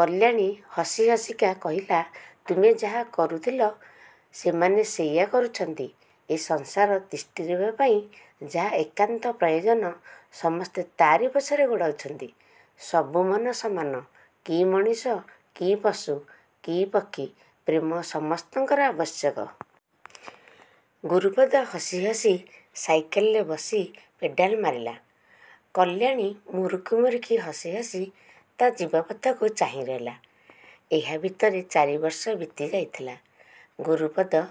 କଲ୍ୟାଣୀ ହସି ହସିକା କହିଲା ତୁମେ ଯାହା କରୁଥିଲ ସେମାନେ ସେଇଆ କରୁଛନ୍ତି। ଏ ସଂସାର ତିଷ୍ଠି ରହିବା ପାଇଁ ଯାହା ଏକାନ୍ତ ପ୍ରୟୋଜନ ସମସ୍ତେ ତା'ରି ପଛରେ ଗୋଡ଼ାଉଛନ୍ତି। ସବୁ ମନ ସମାନ। କି ମଣିଷ, କି ପଶୁ, କି ପକ୍ଷୀ; ପ୍ରେମ ସମସ୍ତଙ୍କର ଆବଶ୍ୟକ। ଗୁରୁପଦ ହସି ହସି ସାଇକଲରେ ବସି ପେଡ଼ାଲ ମାରିଲା। କଲ୍ୟାଣୀ ମୁରୁକି ମୁରୁକି ହସି ହସି ତା' ଯିବା ପଥକୁ ଚାହିଁ ରହିଲା। ଏହା ଭିତରେ ଚାରିବର୍ଷ ବିତି ଯାଇଥିଲା। ଗୁରୁପଦ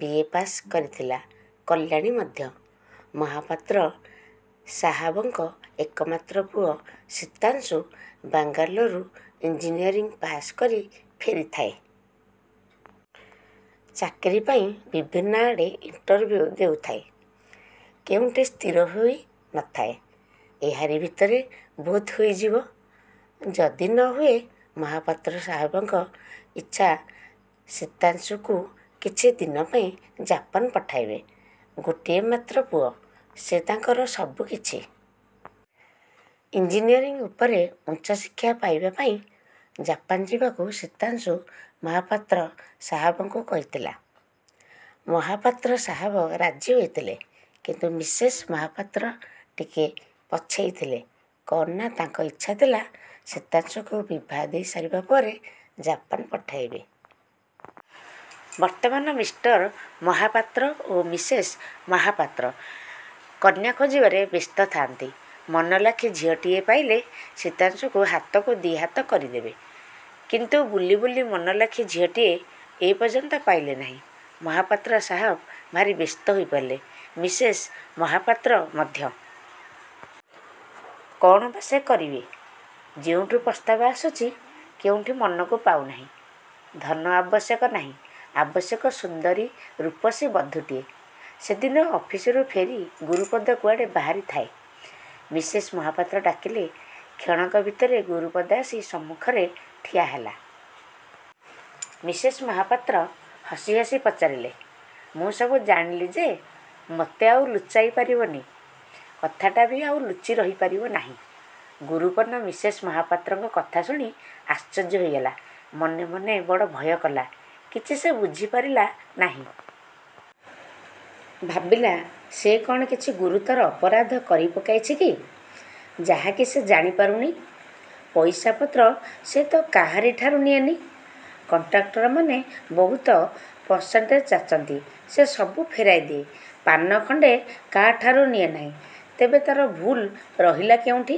ବି. ଏ. ପାସ୍ କରିଥିଲା। କଲ୍ୟାଣୀ ମଧ୍ୟ। ମହାପାତ୍ର ସାହାବଙ୍କ ଏକମାତ୍ର ପୁଅ ଶୀତାଂଶୁ ବାଙ୍ଗାଲୋରରୁ ଇଞ୍ଜିନିୟରିଂ ପାସ୍ କରି ଫେରିଥାଏ। ଚାକିରି ପାଇଁ ବିଭିନ୍ନ ଆଡ଼େ ଇଣ୍ଟରଭିଉ ଦେଉଥାଏ। କେଉଁଠି ସ୍ଥିର ହୋଇ ନ ଥାଏ। ଏହାରି ଭିତରେ ବୋଧେ ହୋଇଯିବ। ଯଦି ନ ହୁଏ, ମହାପାତ୍ର ସାହାବଙ୍କ ଇଚ୍ଛା ଶୀତାଂଶୁକୁ କିଛି ଦିନ ପାଇଁ ଜାପାନ ପଠାଇବେ। ଗୋଟିଏ ମାତ୍ର ପୁଅ। ସେ ତାଙ୍କର ସବୁକିଛି। ଇଞ୍ଜିନିୟରିଂ ଉପରେ ଉଚ୍ଚ ଶିକ୍ଷା ପାଇବା ପାଇଁ ଜାପାନ୍ ଯିବାକୁ ଶୀତାଂଶୁ ମହାପାତ୍ର ସାହାବଙ୍କୁ କହିଥିଲା। ମହାପାତ୍ର ସାହାବ ରାଜି ହୋଇଥିଲେ; କିନ୍ତୁ ମିସେସ୍ ମହାପାତ୍ର ଟିକେ ପଛେଇ ଥିଲେ କ'ଣ ନା ତାଙ୍କର ଇଚ୍ଛା ଥିଲା, ଶୀତାଂଶୁକୁ ବିଭା ଦେଇ ସାରିବା ପରେ ଜାପାନ୍ ପଠାଇବେ। ବର୍ତ୍ତମାନ ମିଷ୍ଟର ମହାପାତ୍ର ଓ ମିସେସ୍ ମହାପାତ୍ର କନ୍ୟା ଖୋଜିବାରେ ବ୍ୟସ୍ତ ଥାନ୍ତି। ମନ ଲାଖି ଝିଅଟିଏ ପାଇଲେ ଶୀତାଂଶୁକୁ ହାତକୁ ଦି'ହାତ କରିଦେବେ। କିନ୍ତୁ ବୁଲି ବୁଲି ମନଲାଖି ଝିଅଟିଏ ଏପର୍ଯ୍ୟନ୍ତ ପାଇଲେ ନାହିଁ। ମହାପାତ୍ର ସାହାବ ଭାରି ବ୍ୟସ୍ତ ହୋଇପଡ଼ିଲେ। ମିସେସ୍ ମହାପାତ୍ର ମଧ୍ୟ। କ'ଣ ବା ସେ କରିବେ? ଯେଉଁଠୁ ପ୍ରସ୍ତାବ ଆସୁଛି କେଉଁଠି ମନକୁ ପାଉନାହିଁ। ଧନ ଆବଶ୍ୟକ ନାହିଁ, ଆବଶ୍ୟକ ସୁନ୍ଦରୀ, ରୂପସୀ ବଧୂଟିଏ। ସେଦିନ ଅଫିସରୁ ଫେରି ଗୁରୁପଦ କୁଆଡ଼େ ବାହାରି ଥାଏ। ମିସେସ୍ ମହାପାତ୍ର ଡାକିଲେ। କ୍ଷଣକ ଭିତରେ ଗୁରୁପଦ ଆସି ସମ୍ମୁଖରେ ଠିଆ ହେଲା। ମିସେସ୍ ମହାପାତ୍ର ହସି ହସି ପଚାରିଲେ, ମୁଁ ସବୁ ଜାଣିଲିଣି ଯେ, ମୋତେ ଆଉ ଲୁଚାଇ ପାରିବନି। କଥାଟା ବି ଆଉ ଲୁଚି ରହିପାରିବ ନାହିଁ। ଗୁରୁପନ ମିସେସ୍ ମହାପାତ୍ରଙ୍କ କଥା ଶୁଣି ଆଶ୍ଚର୍ଯ୍ୟ ହୋଇଗଲା। ମନେ ମନେ ବଡ଼ ଭୟ କଲା। କିଛି ସେ ବୁଝି ପାରିଲା ନାହିଁ। ଭାବିଲା ସେ କ'ଣ କିଛି ଗୁରୁତର ଅପରାଧ କରି ପକାଇଛି କି? ଯାହାକି ସେ ଜାଣି ପାରୁନି। ପଇସାପତ୍ର ସେ ତ କାହାରିଠାରୁ ନିଏନି। କଣ୍ଟ୍ରାକ୍ଟରମାନେ ବହୁତ ପରସେଣ୍ଟଜ ଯାଚନ୍ତି, ସେ ସବୁ ଫେରାଇ ଦିଏ। ପାନ ଖଣ୍ଡେ କାହାଠାରୁ ନିଏ ନାହିଁ। ତେବେ ତା'ର ଭୁଲ୍ ରହିଲା କେଉଁଠି?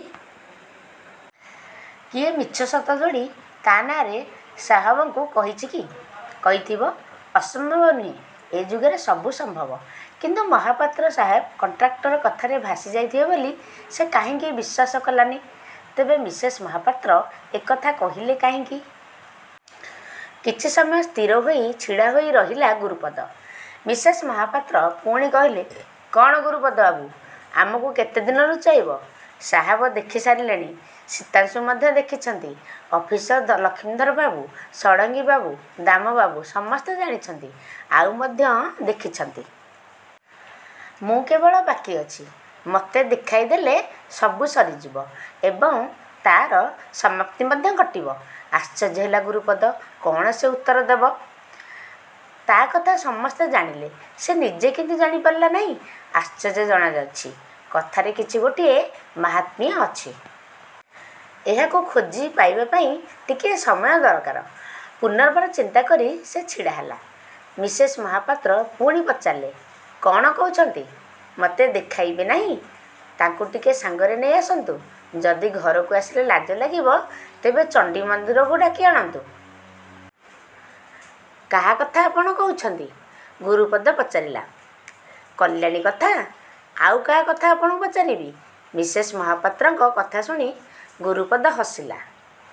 କିଏ ମିଛ ସତ ଯୋଡ଼ି ତା' ନାଁରେ ସାହାବଙ୍କୁ କହିଛି କି? କହିଥିବ, ଅସମ୍ଭବ ନୁହେଁ ଏ ଯୁଗରେ ସବୁ ସମ୍ଭବ। କିନ୍ତୁ ମହାପାତ୍ର ସାହାବ କଣ୍ଟ୍ରାକ୍ଟର କଥାରେ ଭାସି ଯାଇଥିବେ ବୋଲି ସେ କାହିଁକି ବିଶ୍ୱାସ କଲାନି। ତେବେ ମିସେସ୍ ମହାପାତ୍ର ଏକଥା କହିଲେ କାହିଁକି? କିଛି ସମୟ ସ୍ଥିର ହୋଇ ଛିଡ଼ା ହୋଇ ରହିଲା ଗୁରୁପଦ। ମିସେସ୍ ମହାପାତ୍ର ପୁଣି କହିଲେ କ'ଣ ଗୁରୁପଦ ବାବୁ ଆମକୁ କେତେ ଦିନ ଲୁଚାଇବ। ସାହାବ ଦେଖି ସାରିଲେଣି ଶୀତାଂଶୁ ମଧ୍ୟ ଦେଖିଛି। ଅଫିସର ଲକ୍ଷ୍ମୀଧରବାବୁ, ଷଢ଼ଙ୍ଗୀବାବୁ, ଦାମବାବୁ ସମସ୍ତେ ଜାଣିଛନ୍ତି। ଆଉ ମଧ୍ୟ ଦେଖିଛନ୍ତି। ମୁଁ କେବଳ ବାକି ଅଛି, ମୋତେ ଦେଖାଇଦେଲେ ସବୁ ସରିଯିବ ଏବଂ ତା'ର ସମାପ୍ତି ମଧ୍ୟ ଘଟିବ। ଆଶ୍ଚର୍ଯ୍ୟ ହେଲା ଗୁରୁପଦ କ'ଣ ସେ ଉତ୍ତର ଦେବ? ତା' କଥା ସମସ୍ତେ ଜାଣିଲେ, ସେ ନିଜେ କିନ୍ତୁ ଜାଣିପାରିଲା ନାହିଁ। ଆଶ୍ଚର୍ଯ୍ୟ ଜଣାଯାଉଛି, କଥାରେ କିଛି ଗୋଟାଏ ମାହାତ୍ମ୍ୟ ଅଛି। ଏହାକୁ ଖୋଜି ପାଇବା ପାଇଁ ଟିକିଏ ସମୟ ଦରକାର। ପୁନର୍ବାର ଚିନ୍ତାକରି ସେ ଛିଡ଼ା ହେଲା। ମିସେସ୍ ମହାପାତ୍ର ପୁଣି ପଚାରିଲେ, କ'ଣ କହୁଛନ୍ତି? ମୋତେ ଦେଖାଇବେ ନାହିଁ? ତାଙ୍କୁ ଟିକେ ସାଙ୍ଗରେ ନେଇ ଆସନ୍ତୁ ଯଦି ଘରକୁ ଆସିଲେ ଲାଜ ଲାଗିବ ତେବେ ଚଣ୍ଡୀମନ୍ଦିରକୁ ଡାକି ଆଣନ୍ତୁ। କାହା କଥା ଆପଣ କହୁଛନ୍ତି? ଗୁରୁପଦ ପଚାରିଲା। କଲ୍ୟାଣୀ କଥା। ଆଉ କାହା କଥା ଆପଣଙ୍କୁ ପଚାରିବି? ମିସେସ୍ ମହାପାତ୍ରଙ୍କ କଥାଶୁଣି ଗୁରପଦ ହସିଲା।